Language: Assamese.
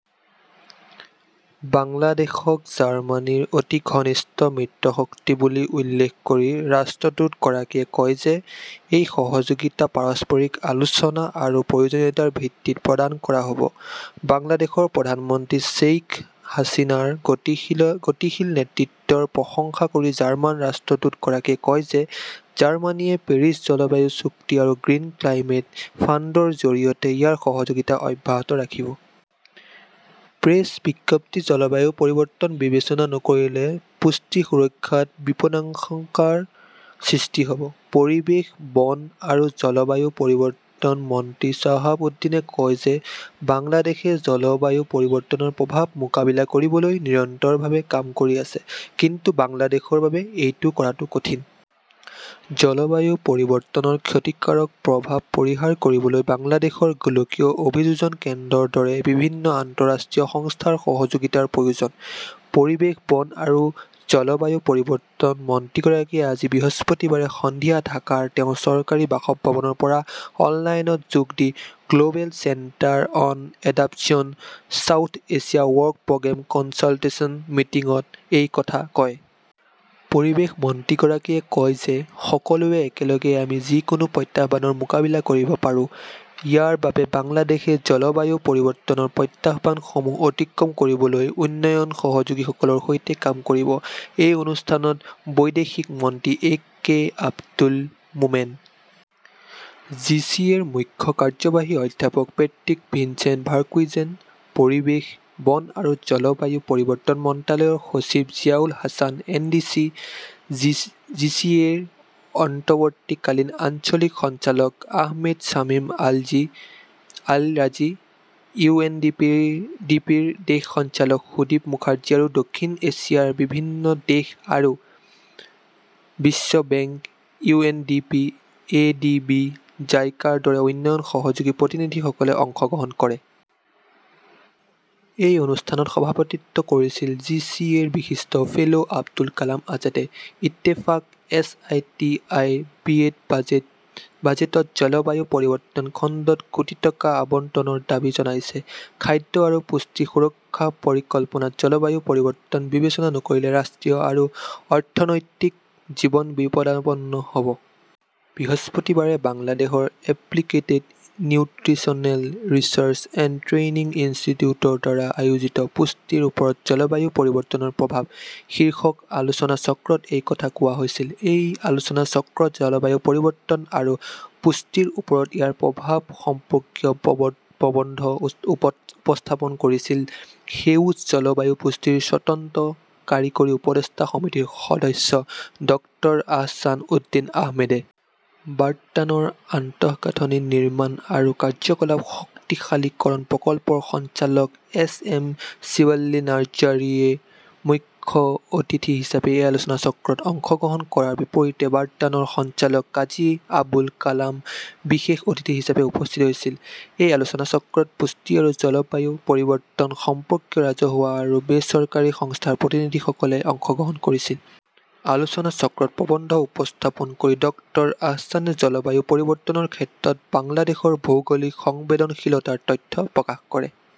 বাংলাদেশক জাৰ্মানীৰ অতি ঘনিষ্ঠ মিত্ৰশক্তি বুলি উল্লেখ কৰি ৰাষ্ট্ৰদূতগৰাকীয়ে কয় যে, এই সহযোগিতা পাৰস্পৰিক আলোচনা আৰু প্ৰয়োজনীয়তাৰ ভিত্তিত প্ৰদান কৰা হ'ব। বাংলাদেশৰ প্ৰধানমন্ত্ৰী শ্বেইখ হাছিনাৰ গতিশীল নেতৃত্বৰ প্ৰশংসা কৰি জাৰ্মান ৰাষ্ট্ৰদূতগৰাকীয়ে কয় যে, জাৰ্মানীয়ে পেৰিছ জলবায়ু চুক্তি আৰু গ্ৰীণ ক্লাইমেট ফাণ্ডৰ জৰিয়তে ইয়াৰ সহযোগিতা অব্যাহত ৰাখিব। প্ৰেছ বিজ্ঞপ্তি জলবায়ু পৰিৱৰ্তন বিবেচনা নকৰিলে পুষ্টি সুৰক্ষাত বিপদাশংকাৰ সৃষ্টি হ'ব। পৰিৱেশ, বন আৰু জলবায়ু পৰিৱৰ্তন মন্ত্ৰী শ্বাহাব উদ্দিনে কয় যে, বাংলাদেশে জলবায়ু পৰিৱৰ্তনৰ প্ৰভাৱ মোকাবিলা কৰিবলৈ নিৰন্তৰভাৱে কাম কৰি আছে। কিন্তু বাংলাদেশৰ বাবে এইটো কৰাটো কঠিন। জলবায়ু পৰিৱৰ্তনৰ ক্ষতিকাৰক প্ৰভাৱ পৰিহাৰ কৰিবলৈ বাংলাদেশৰ গোলকীয় অভিযোজন কেন্দ্ৰৰ দৰে বিভিন্ন আন্তঃৰাষ্ট্ৰীয় সংস্থাৰ সহযোগিতাৰ প্ৰয়োজন। পৰিৱেশ, বন আৰু জলবায়ু পৰিৱৰ্তন মন্ত্ৰীগৰাকীয়ে আজি বৃহস্পতিবাৰে সন্ধিয়া ঢাকাৰ তেওঁৰ চৰকাৰী বাসভৱনৰ পৰা অনলাইনত যোগ দি "global centre on adaptation South Asia work programme consultation মিটিং"ত এই কথা কয়। পৰিৱেশ মন্ত্ৰীগৰাকীয়ে কয় যে, সকলোৱে একেলগে আমি যিকোনো প্ৰত্যাহ্বানৰ মোকাবিলা কৰিব পাৰোঁ। ইয়াৰ বাবে বাংলাদেশে জলবায়ু পৰিৱৰ্তনৰ প্ৰত্যাহ্বানসমূহ অতিক্ৰম কৰিবলৈ উন্নয়ন সহযোগীসকলৰ সৈতে কাম কৰিব। এই অনুষ্ঠানত বৈদেশিক মন্ত্ৰী A K Abdul Momen, G C এৰ মুখ্য কাৰ্যবাহী অধ্যাপক পেট্ৰিক ভিনচেণ্ট ভাৰ্কুইজেন, পৰিৱেশ, বন আৰু জলবায়ু পৰিৱৰ্তন মন্ত্ৰালয়ৰ সচিব জিয়াউল হাছান এনডিচি, জিচিএৰ অন্তৱৰ্তীকালীন আঞ্চলিক সঞ্চালক আহমেদ শ্বামিম আল ৰাজী, ইউএনডিপিৰ দেশ সঞ্চালক সুদীপ মুখাৰ্জী আৰু দক্ষিণ এছিয়াৰ বিভিন্ন দেশ আৰু বিশ্ব bank, U N D P, A D B, জাইকাৰ দৰে উন্নয়ন সহযোগীৰ প্ৰতিনিধিসকলে অংশগ্ৰহণ কৰে। এই অনুষ্ঠানত সভাপতিত্ব কৰিছিল জি চি এৰ বিশিষ্ট ফেল' আবুল কালাম আজাদে। ইত্তেফাক/এছ আই টি আই বিয়েত বাজেটত জলবায়ু পৰিৱৰ্তন খণ্ডত কোটি টকা আবণ্টনৰ দাবী জনাইছে। খাদ্য আৰু পুষ্টি সুৰক্ষা পৰিকল্পনাত জলবায়ু পৰিৱৰ্তন বিবেচনা নকৰিলে ৰাষ্ট্ৰীয় আৰু অৰ্থনৈতিক জীৱন বিপদাপন্ন হ'ব। বৃহস্পতিবাৰে বাংলাদেশৰ applicated nutritional research and training ইনষ্টিটিউটৰ দ্বাৰা আয়োজিত "পুষ্টিৰ ওপৰত জলবায়ু পৰিৱৰ্তনৰ প্ৰভাৱ" শীৰ্ষক আলোচনাচক্ৰত এই কথা কোৱা হৈছিল। এই আলোচনাচক্ৰত জলবায়ু পৰিৱৰ্তন আৰু পুষ্টিৰ ওপৰত ইয়াৰ প্ৰভাৱ সম্পৰ্কীয় প্ৰবন্ধ উপস্থাপন কৰিছিল সেউজ জলবায়ু পুঁজিৰ স্বতন্ত্ৰ কাৰিকৰী উপদেষ্টা সমিতিৰ সদস্য ডক্টৰ আহছান উদ্দীন আহমেদে। বাৰ্টানৰ আন্তঃগাঁথনি নিৰ্মাণ আৰু কাৰ্যকলাপ শক্তিশালীকৰণ প্ৰকল্পৰ সঞ্চালক এছ এম শিৱলী নাৰ্জীৰে মুখ্য অতিথি হিচাপে এই আলোচনাচক্ৰত অংশগ্ৰহণ কৰাৰ বিপৰীতে বাৰ্টানৰ সঞ্চালক কাজী আবুল কালাম বিশেষ অতিথি হিচাপে উপস্থিত আছিল। এই আলোচনাচক্ৰত পুষ্টি আৰু জলবায়ু পৰিৱৰ্তন সম্পৰ্কীয় ৰাজহুৱা আৰু বেচৰকাৰী সংস্থাৰ প্ৰতিনিধিসকলে অংশগ্ৰহণ কৰিছিল। আলোচনাচক্ৰত প্ৰবন্ধ উপস্থাপন কৰি ডক্টৰ আহছানে জলবায়ু পৰিৱৰ্তনৰ ক্ষেত্ৰত বাংলাদেশৰ ভৌগোলিক সংবেদনশীলতাৰ তথ্য প্ৰকাশ কৰে।